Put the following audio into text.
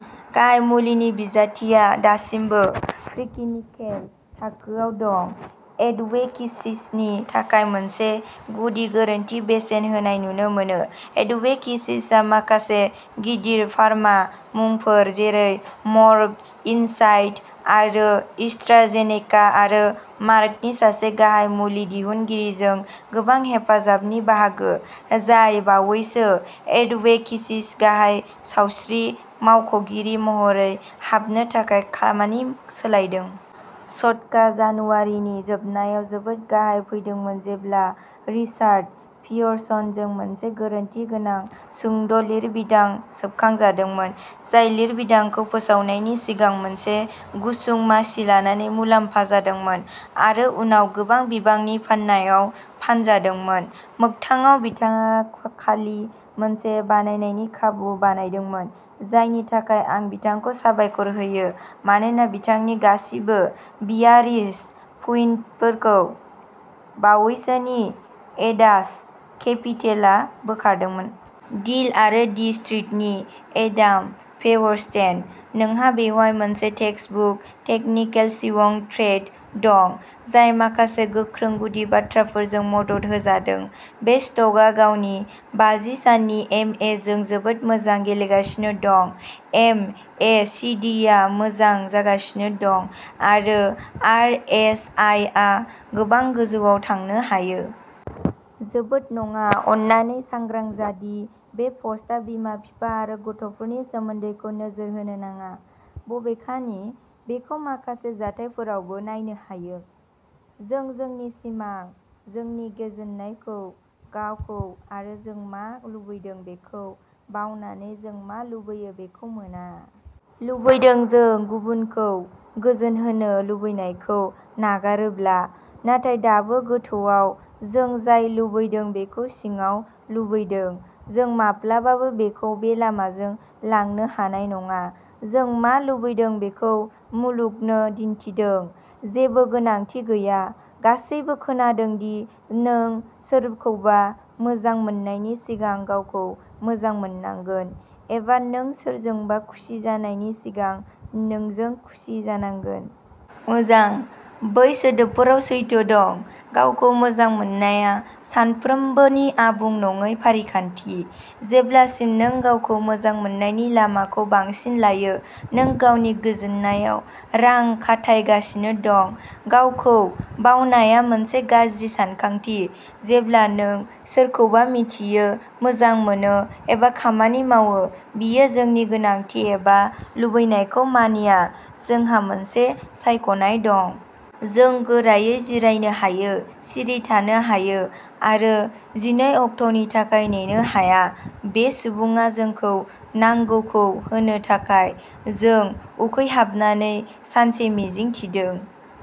गाहाय मुलिनि बिजाथिआ दासिमबो प्रिक्लिनिकेल थाखोआव दं। एडवेक्सिसनि थाखाय मोनसे गुदि गोरोन्थि बेसेन होनाय नुनो मोनो। एडवेक्सिसआ माखासे गिदिर फार्मा मुंफोर, जेरै मर्क, इन्साइट आरो एस्ट्राजेनेका, आरो मर्कनि सासे गाहाय मुलि दिहुनगिरिजों गोबां हेफाजाबनि बाहागो जाय बावैसो एडवेक्सिस गाहाय सावस्रि मावख'गिरि महरै हाबनो थाखाय खामानि सोलायदों। स्टका जानुवारिनि जोबनायाव जोबोद गाहायाव फैदोंमोन जेब्ला रिचार्ड पियर्सनजों मोनसे गोरोन्थि गोनां सुंद'लिरबिदां सेबखांजादोंमोन जाय लिरबिदांखौ फोसावनायनि सिगां मोनसे गुसुं मासि लानानै मुलाम्फा जादोंमोन आरो उनाव गोबां बिबांनि फाननायाव फानजादोंमोन। मोगथाङाव बिथाङा खालि मोनसे बायनायनि खाबु बानायदोंमोन जायनि थाखाय आं बिथांखौ साबायखर होयो, मानोना बिथांनि गासिबो बियारिश पुइन्टफोरखौ बावैसोनि एडाज केपिटेलआ बोखारदोंमोन। डील आरो दि स्ट्रीटनि एडाम फेउर्स्टेन। नोंहा बेवहाय मोनसे टेक्सटबुक टेकनिकेल स्विंग ट्रेड दं, जाय माखासे गोख्रों गुदि बाथ्राफोरजों मदद होजादों। बे स्टकआ गावनि बाजि साननि एमएजों जोबोद मोजां गेलेगासिनो दं, एमएसीडीआ मोजां जागासिनो दं, आरो आरएसआइआ गोबां गोजौआव थांनो हायो। जोबोद नङा। अन्नानै सांग्रां जा दि बे पस्टआ बिमा-बिफा आरो गथ'नि सोमोन्दोखौ नोजोर होनो नङा। बबे खानि बेखौ माखासे जाथायफोरावबो नायनो हायो। जों जोंनि सिमां जोंनि गोजोननायखौ गावखौ आरो जों मा लुबैदों बेखौ बावनानै जों मा लुबैयो बेखौ मोना। लुबैदों जों गुबुनखौ गोजोनहोनो लुबैनायखौ नागारोब्ला नाथाय दाबो गोथौआव जों जाय लुबैदों बेखौ सिङाव लुबैदों जों माब्लाबाबो बेखौ बे लामाजों लांनो हानाय नङा। जों मा लुबैदों बेखौ मुलुगनो दिन्थिदों जेबो गोनांथि गैया। गासैबो खोनादों दि नों सोरखौबा मोजां मोननायनि सिगां गावखौ मोजां मोननांगोन एबा नों सोरजोंबा खुसि जानायनि सिगां नोंजों खुसि जानांगोन। मोजां बै सोदोबफोराव सैथो दं। गावखौ मोजां मोननाया सानफ्रोमबोनि आबुं नङै फारिखान्थि। जेब्लासिम नों गावखौ मोजां मोननायनि लामाखौ बांसिन लायो नों गावनि गोजोननायाव रां खाथायगासिनो दं। गावखौ बावनाया मोनसे गाज्रि सानखांथि। जेब्ला नों सोरखौबा मिन्थियो मोजां मोनो एबा खामानि मावो बियो जोंनि गोनांथि एबा लुबैनायखौ मानिया जोंहा मोनसे सायख'नाय दं। जों गोरायै जिरायनो हायो, सिरि थानो हायो आरो जिनै अक्ट'नि थाखाय नेनो हाया बे सुबुङा जोंनो नांगौखौ होनो थाखाय जों उखैहाबनानै सानसे मिजिं थिदों।